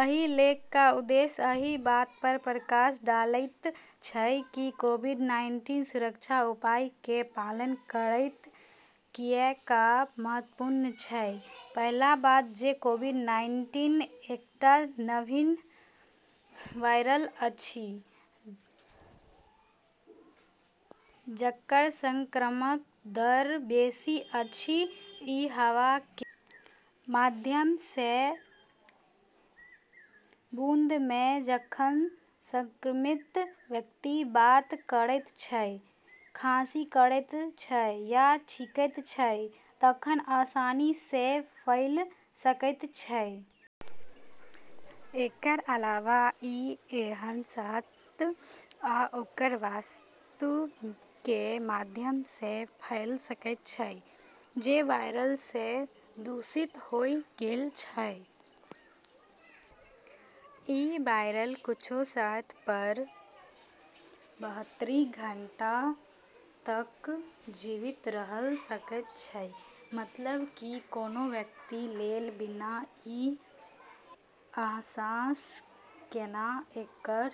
एहि लेख क' उद्देश्य एहि बात पर प्रकाश डालनाइ छै कि कोविड-नाइन्टीन सुरक्षा उपायके पालन करनाइ किएक महत्वपूर्ण छै। पहिल बात जे कोविड-नाइन्टीन एकटा नवीन वायरस अछि जकर संक्रमण दर बेसी अछि। ई हवाके माध्यमसँ, बूंदमे, जखन संक्रमित व्यक्ति बात करैत छै, खांसी करैत छै या छींकैत छै तखन आसानीसँ फैलि सकै छै । एकर अलावा ई एहन सतह आओर वस्तुके माध्यमसँ फैलि सकै छै जे वायरससँ दूषित होइ गेल छै। ई वायरस किछ सतहऽ पर बहत्तरि घंटा तक जीवित रहि सकै छै, मतलब कि कोनो व्यक्ति लेल बिना ई अहसास केने एकर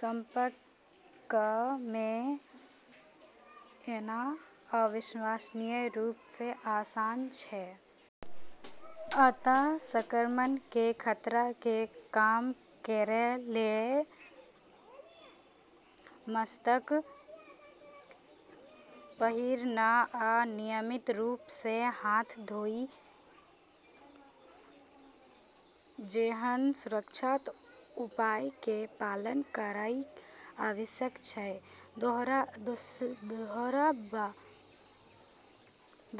संपर्कमे एनाइ अविश्वसनीय रूपसँ आसान छै। अत: संक्रमणके खतराके कम करै लेल मास्क पहिरनाइ आ नियमित रूपसँ हाथ धोनाइ जेहन सुरक्षा उपायके पालन करनाइ आवश्यक छै ।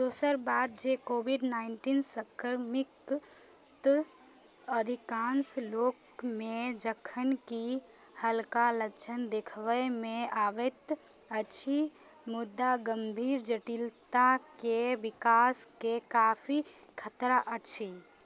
दोसर बात जे कोविड-नाइन्टीन संक्रमित अधिकांश लोकमे जखन कि हल्का लक्षण देखबामे अबैत अछि, मुदा गंभीर जटिलताके विकासके काफी खतरा अछि ।